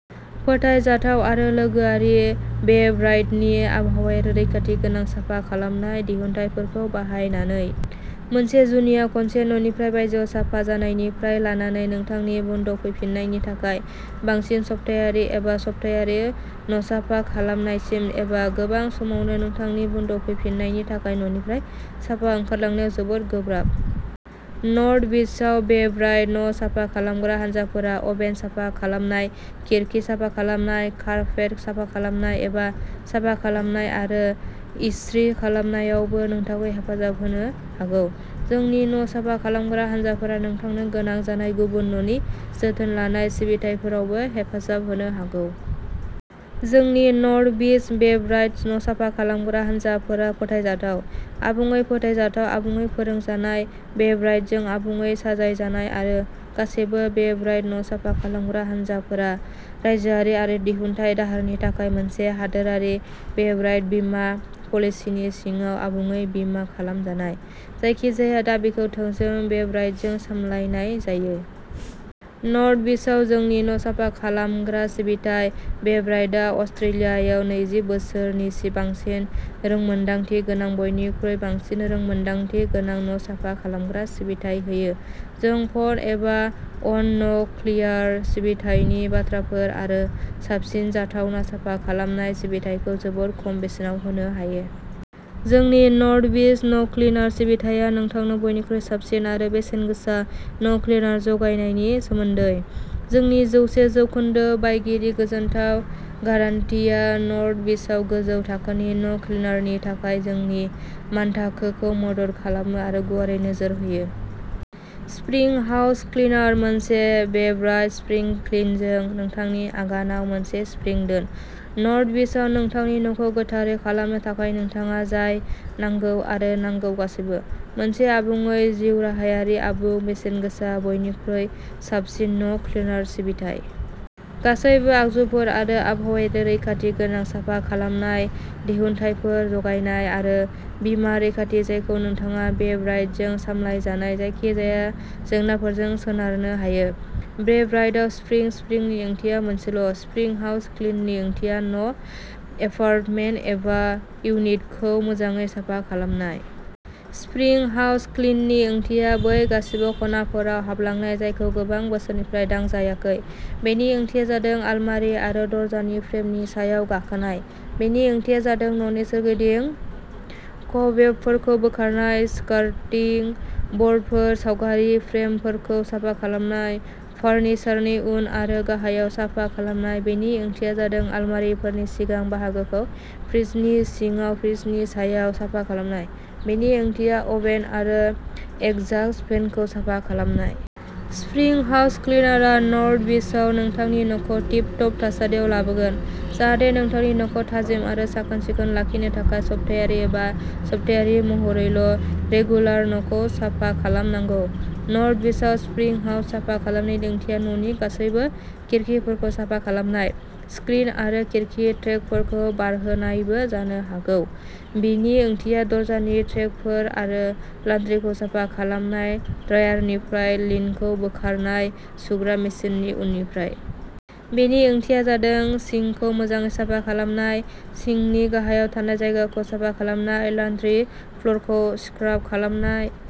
फोथायजाथाव आरो लोगोआरि, बेब्राइटनि आबहावायारि रैखाथि गोनां साफा खालामनाय दिहुनथायफोरखौ बाहायनानै। मोनसे जुनिया खनसे न'निफ्राय बायजोआव साफा जानायनिफ्राय लानानै नोंथांनि बन्ड फैफिन्नायनि थाखाय बांसिन सप्तायारि एबा सफ्थायारि न'साफा खालामनायसिम, एबा गोबां समावनो नोंथांनि बन्ड फैफिन्नायनि थाखाय न'निफ्राय साफा ओंखारलांनायाव जोबोद गोब्राब। नर्थ बीचआव बेब्राइट न'साफा खालामग्रा हानजाफोरा अभेन साफा खालामनाय, खिरखि साफा खालामनाय, कारपेट साफा खालामनाय, एबा साफा खालामनाय आरो इस्त्रि खालामनायावबो नोंथांखौ हेफाजाब होनो हागौ। जोंनि न'साफा खालामग्रा हानजाफोरा नोंथांनो गोनां जानाय गुबुन न'नि जोथोन लानाय सिबिथाइफोरावबो हेफाजाब होनो हागौ। जोंनि नर्थ बीच बेब्राइट न'साफा खालामग्रा हानजाफोरा फोथायजाथाव, आबुङै फोथायजाथाव, आबुङै फोरोंजानाय, बेब्राइटजों आबुङै साजायजानाय, आरो गासैबो बेब्राइट न'साफा खालामग्रा हानजाफोरा रायजोआरि आरो दिहुनथाय दाहारनि थाखाय मोनसे हादोरारि बेब्राइट बीमा पलिसिनि सिङाव आबुङै बीमा खालामजानाय, जायखिजाया दाबिखौ थोंजों बेब्राइटजों सामलायनाय जायो। नर्थ बीचआव जोंनि न'साफा खालामग्रा सिबिथाइ बेब्राइटआ अस्ट्रेलियायाव नैजि बोसोरनि बांसिन रोंमोनदांथि गोनां बयनिख्रुइ बांसिन रोंमोनदांथि गोनां न'साफा खालामग्रा सिबिथाइ होयो। जों फन एबा अन न'क्लिनार सिबिथायनि बाथ्राफोर आरो साबसिन जाथावना साफा खालामनाय सिबिथायखौ जोबोद खम बेसेनाव होनो हायो। जोंनि नर्थ बीच न'क्लिनार सिबिथाया नोंथांनो बयनिख्रुइ साबसिन आरो बेसेनगोसा न'क्लिनार जगायनायनि सोमोन्दै। जोंनि जौसे जौखोन्दो बायगिरि गोजोनथाव गारान्टिआ नर्थ बीचआव गोजौ थाखोनि न'क्लिनारनि थाखाय जोंनि मानथाखोखौ मदद खालामो आरो गुवारै नोजोर होयो। स्प्रिं हाउस क्लिनार मोनसे बेब्राइट स्प्रिं क्लिनजों नोंथांनि आगानआव मोनसे स्प्रिं दोन। नर्थ बीचआव नोंथांनि न'खौ गोथार खालामनो थाखाय नोंथाङा जाय नांगौ आरो नांगौ गासैबो। मोनसे आबुङै जिउराहायारि, आबुं, बेसेनगोसा, बयनिख्रुइ साबसिन न'क्लिनार सिबिथाइ। गासैबो आगजुफोर आरो आबहावायारि रैखाथि गोनां साफा खालामनाय दिहुनथायफोर जगायनाय, आरो बिमा रैखाथि जायखौ नोंथाङा बेब्राइटजों सामलायजानाय जायखिजाया जेंनाफोरजों सोनारनो हायो। बेब्राइटआव, स्प्रिं स्प्रिंनि ओंथिया मोनसेल'- स्प्रिं हाउस क्लिननि ओंथिया न', एपार्टमेन्ट एबा इउनिटखौ मोजाङै साफा खालामनाय। स्प्रिं हाउस क्लिननि ओंथिया बै गासिबो खनाफोराव हाबलांनाय जायखौ गोबां बोसोरनिफ्राय दांजायाखै। बेनि ओंथिया जादों आलमारि आरो दरजानि फ्रेमनि सायाव गाखोनाय; बेनि ओंथिया जादों न'नि सोरगिदिं क'बवेबफोरखौ बोखारनाय, स्कार्टिं ब'र्डफोर, सावगारि फ्रेमफोरखौ साफा खालामनाय, फारनिसारनि उन आरो गाहायाव साफा खालामनाय, बेनि ओंथिया जादों आलमारिफोरनि सिगां बाहागोखौ, फ्रिजनि सिङाव, फ्रिजनि सायाव साफा खालामनाय; बेनि ओंथिया अभेन आरो एग्जास्ट फेनखौ साफा खालामनाय। स्प्रिं हाउस क्लिनारआ नर्थ बीचआव नोंथांनि न'खौ टिप टप थासारियाव लाबोगोन जाहाथे नोंथांनि न'खौ थाजिम आरो साखोन-सिखोन लाखिनो थाखाय सप्तायारि एबा सप्तायारि महरैल' रेगुलार न'खौ साफा खालामनांगौ। नर्थ बीचआव स्प्रिं हाउस साफा खालामनायनि ओंथिया न'नि गासैबो खिरखिफोरखौ साफा खालामनाय, स्क्रिन आरो खिरखि ट्रेकफोरखौ बिरहोनायबो जानो हागौ, बेनि ओंथिया दरजानि ट्रेकफोर आरो लान्ड्रिखौ साफा खालामनाय-ड्रायारनिफ्राय लिन्टखौ बोखारनाय, सुग्रा मेसिननि उननिफ्राय। बेनि ओंथिया जादों सिंकखौ मोजाङै साफा खालामनाय, सिंकनि गाहायाव थानाय जायगाखौ साफा खालामनाय, लान्ड्रि फ्ल'रखौ स्क्राब खालामनाय।